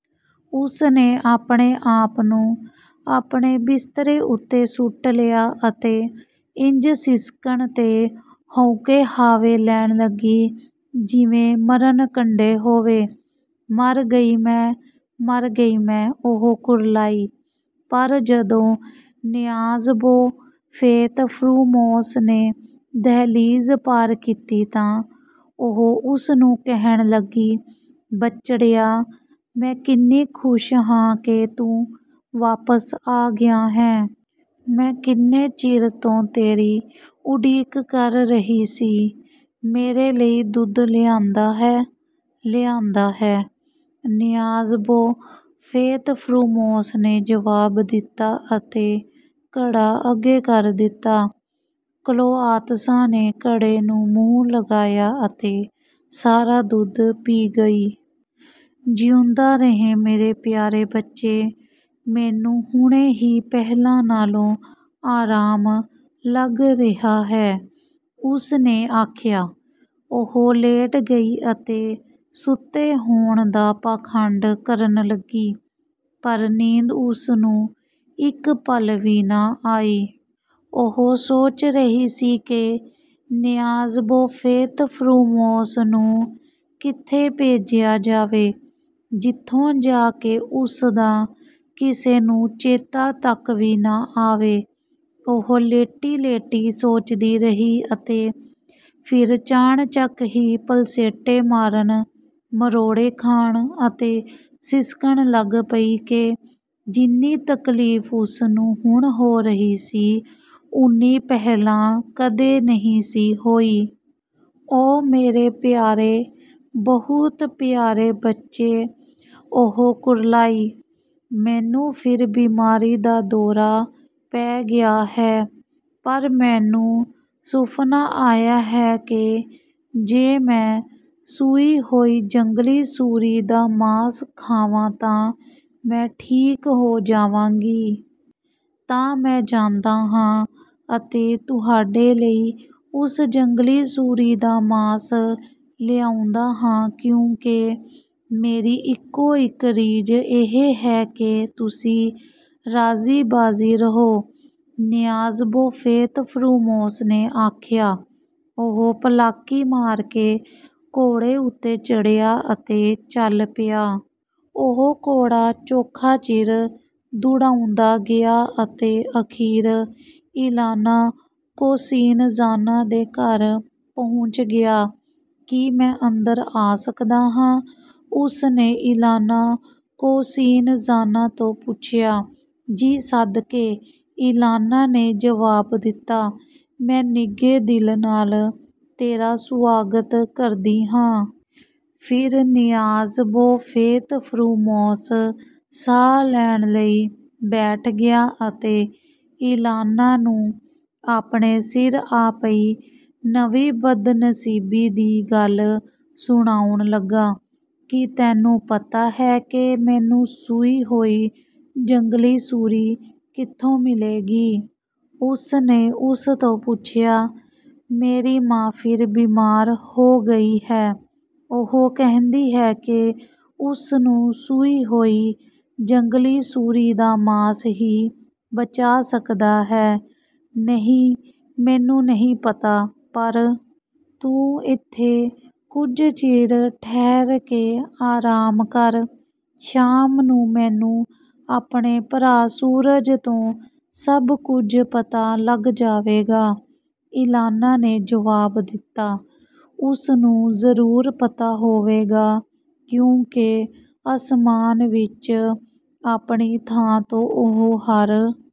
ਉਸ ਨੇ ਆਪਣੇ ਆਪ ਨੂੰ ਆਪਣੇ ਬਿਸਤਰੇ ਉੱਤੇ ਸੁੱਟ ਲਿਆ ਅਤੇ ਇੰਜ ਸਿਸਕਣ ਤੇ ਹਉਕੇ-ਹਾਵੇ ਲੈਣ ਲੱਗੀ, ਜਿਵੇਂ ਮਰਨ-ਕੰਢੇ ਹੋਵੇ। "ਮਰ ਗਈ ਮੈਂ, ਮਰ ਗਈ ਮੈਂ!" ਉਹ ਕੁਰਲਾਈ। ਪਰ ਜਦੋਂ ਨਿਆਜ਼-ਬੋ ਫ਼ੇਤ-ਫ਼ਰੂਮੋਸ ਨੇ ਦਹਿਲੀਜ਼ ਪਾਰ ਕੀਤੀ ਤਾਂ ਉਹ ਉਸ ਨੂੰ ਕਹਿਣ ਲੱਗੀ, "ਬੱਚੜਿਆ, ਮੈਂ ਕਿੰਨੀ ਖ਼ੁਸ਼ ਹਾਂ ਕਿ ਤੂੰ ਵਾਪਸ ਆ ਗਿਆ ਹੈਂ। ਮੈਂ ਕਿੰਨੇ ਚਿਰ ਤੋਂ ਤੇਰੀ ਉਡੀਕ ਕਰ ਰਹੀ ਸੀ। ਮੇਰੇ ਲਈ ਦੁੱਧ ਲਿਆਂਦਾ ਹੈ?" "ਲਿਆਂਦਾ ਹੈ," ਨਿਆਜ਼-ਬੋ ਫ਼ੇਤ-ਫ਼ਰੂਮੋਸ ਨੇ ਜਵਾਬ ਦਿੱਤਾ ਅਤੇ ਘੜਾ ਅੱਗੇ ਕਰ ਦਿੱਤਾ। ਕਲੋਆਂਤਸਾ ਨੇ ਘੜੇ ਨੂੰ ਮੂੰਹ ਲਗਾਇਆ ਅਤੇ ਸਾਰਾ ਦੁੱਧ ਪੀ ਗਈ। "ਜਿਊਂਦਾ ਰਹੇਂ ਮੇਰੇ ਪਿਆਰੇ ਬੱਚੇ, ਮੈਨੂੰ ਹੁਣੇ ਹੀ ਪਹਿਲਾਂ ਨਾਲੋਂ ਆਰਾਮ ਲੱਗ ਰਿਹਾ ਹੈ," ਉਸ ਨੇ ਆਖਿਆ। ਉਹ ਲੇਟ ਗਈ ਅਤੇ ਸੁੱਤੇ ਹੋਣ ਦਾ ਪਾਖੰਡ ਕਰਨ ਲੱਗੀ, ਪਰ ਨੀਂਦ ਉਸ ਨੂੰ ਇੱਕ ਪਲ ਵੀ ਨਾ ਆਈ। ਉਹ ਸੋਚ ਰਹੀ ਸੀ ਕਿ ਨਿਆਜ਼-ਬੋ ਫ਼ੇਤ-ਫ਼ਰੂਮੋਸ ਨੂੰ ਕਿੱਥੇ ਭੇਜਿਆ ਜਾਵੇ, ਜਿੱਥੋਂ ਜਾ ਕੇ ਉਸ ਦਾ ਕਿਸੇ ਨੂੰ ਚੇਤਾ ਤੱਕ ਵੀ ਨਾ ਆਵੇ। ਉਹ ਲੇਟੀ-ਲੇਟੀ ਸੋਚਦੀ ਰਹੀ ਅਤੇ ਫਿਰ ਚਾਣਚੱਕ ਹੀ ਪਲਸੇਟੇ ਮਾਰਨ, ਮਰੋੜੇ ਖਾਣ ਅਤੇ ਸਿਸਕਣ ਲੱਗ ਪਈ ਕਿ ਜਿੰਨੀ ਤਕਲੀਫ਼ ਉਸ ਨੂੰ ਹੁਣ ਹੋ ਰਹੀ ਸੀ, ਉੱਨੀ ਪਹਿਲਾਂ ਕਦੇ ਨਹੀਂ ਸੀ ਹੋਈ। "ਓ ਮੇਰੇ ਪਿਆਰੇ, ਬਹੁਤ ਪਿਆਰੇ ਬੱਚੇ!" ਉਹ ਕੁਰਲਾਈ, "ਮੈਨੂੰ ਫਿਰ ਬੀਮਾਰੀ ਦਾ ਦੌਰਾ ਪੈ ਗਿਆ ਹੈ, ਪਰ ਮੈਨੂੰ ਸੁਫ਼ਨਾ ਆਇਆ ਹੈ ਕਿ ਜੇ ਮੈਂ ਸੂਈ ਹੋਈ ਜੰਗਲੀ ਸੂਰੀ ਦਾ ਮਾਸ ਖਾਵਾਂ ਤਾਂ ਮੈਂ ਠੀਕ ਹੋ ਜਾਵਾਂਗੀ।" "ਤਾਂ ਮੈਂ ਜਾਂਦਾ ਹਾਂ ਅਤੇ ਤੁਹਾਡੇ ਲਈ ਉਸ ਜੰਗਲੀ ਸੂਰੀ ਦਾ ਮਾਸ ਲਿਆਉਂਦਾ ਹਾਂ, ਕਿਉਂਕਿ ਮੇਰੀ ਇੱਕੋ-ਇੱਕ ਰੀਝ ਇਹ ਹੈ ਕਿ ਤੁਸੀਂ ਰਾਜ਼ੀ-ਬਾਜ਼ੀ ਰਹੋ," ਨਿਆਜ਼-ਬੋ ਫ਼ੇਤ-ਫ਼ਰੂਮੋਸ ਨੇ ਆਖਿਆ। ਉਹ ਪਲਾਕੀ ਮਾਰ ਕੇ ਘੋੜੇ ਉੱਤੇ ਚੜ੍ਹਿਆ ਅਤੇ ਚੱਲ ਪਿਆ। ਉਹ ਘੋੜਾ ਚੋਖਾ ਚਿਰ ਦੁੜਾਉਂਦਾ ਗਿਆ ਅਤੇ ਅਖ਼ੀਰ ਇਲਾਨਾ ਕੋਸਿਨਜ਼ਾਨਾ ਦੇ ਘਰ ਪਹੁੰਚ ਗਿਆ। "ਕੀ ਮੈਂ ਅੰਦਰ ਆ ਸਕਦਾ ਹਾਂ?" ਉਸ ਨੇ ਇਲਾਨਾ ਕੋਸਿਨਜ਼ਾਨਾ ਤੋਂ ਪੁੱਛਿਆ। "ਜੀ ਸਦਕੇ," ਇਲਾਨਾ ਨੇ ਜਵਾਬ ਦਿੱਤਾ, "ਮੈਂ ਨਿੱਘੇ ਦਿਲ ਨਾਲ ਤੇਰਾ ਸੁਆਗਤ ਕਰਦੀ ਹਾਂ।" ਫ਼ਿਰ ਨਿਆਜ਼-ਬੋ ਫ਼ੇਤ-ਫ਼ਰੂਮੋਸ ਸਾਹ ਲੈਣ ਲਈ ਬੈਠ ਗਿਆ ਅਤੇ ਇਲਾਨਾ ਨੂੰ ਆਪਣੇ ਸਿਰ ਆ ਪਈ ਨਵੀਂ ਬਦਨਸੀਬੀ ਦੀ ਗੱਲ ਸੁਣਾਉਣ ਲੱਗਾ। "ਕੀ ਤੈਨੂੰ ਪਤਾ ਹੈ ਕਿ ਮੈਨੂੰ ਸੂਈ ਹੋਈ ਜੰਗਲੀ ਸੂਰੀ ਕਿੱਥੋਂ ਮਿਲੇਗੀ?" ਉਸ ਨੇ ਉਸ ਤੋਂ ਪੁੱਛਿਆ, "ਮੇਰੀ ਮਾਂ ਫਿਰ ਬੀਮਾਰ ਹੋ ਗਈ ਹੈ। ਉਹ ਕਹਿੰਦੀ ਹੈ ਕਿ ਉਸ ਨੂੰ ਸੂਈ ਹੋਈ ਜੰਗਲੀ ਸੂਰੀ ਦਾ ਮਾਸ ਹੀ ਬਚਾ ਸਕਦਾ ਹੈ।" "ਨਹੀਂ, ਮੈਨੂੰ ਨਹੀਂ ਪਤਾ। ਪਰ ਤੂੰ ਇੱਥੇ ਕੁਝ ਚਿਰ ਠਹਿਰ ਕੇ ਆਰਾਮ ਕਰ, ਸ਼ਾਮ ਨੂੰ ਮੈਨੂੰ ਆਪਣੇ ਭਰਾ ਸੂਰਜ ਤੋਂ ਸਭ ਕੁਝ ਪਤਾ ਲੱਗ ਜਾਵੇਗਾ," ਇਲਾਨਾ ਨੇ ਜਵਾਬ ਦਿੱਤਾ, "ਉਸ ਨੂੰ ਜ਼ਰੂਰ ਪਤਾ ਹੋਵੇਗਾ, ਕਿਉਂਕਿ ਅਸਮਾਨ ਵਿੱਚ ਆਪਣੀ ਥਾਂ ਤੋਂ ਉਹ ਹਰ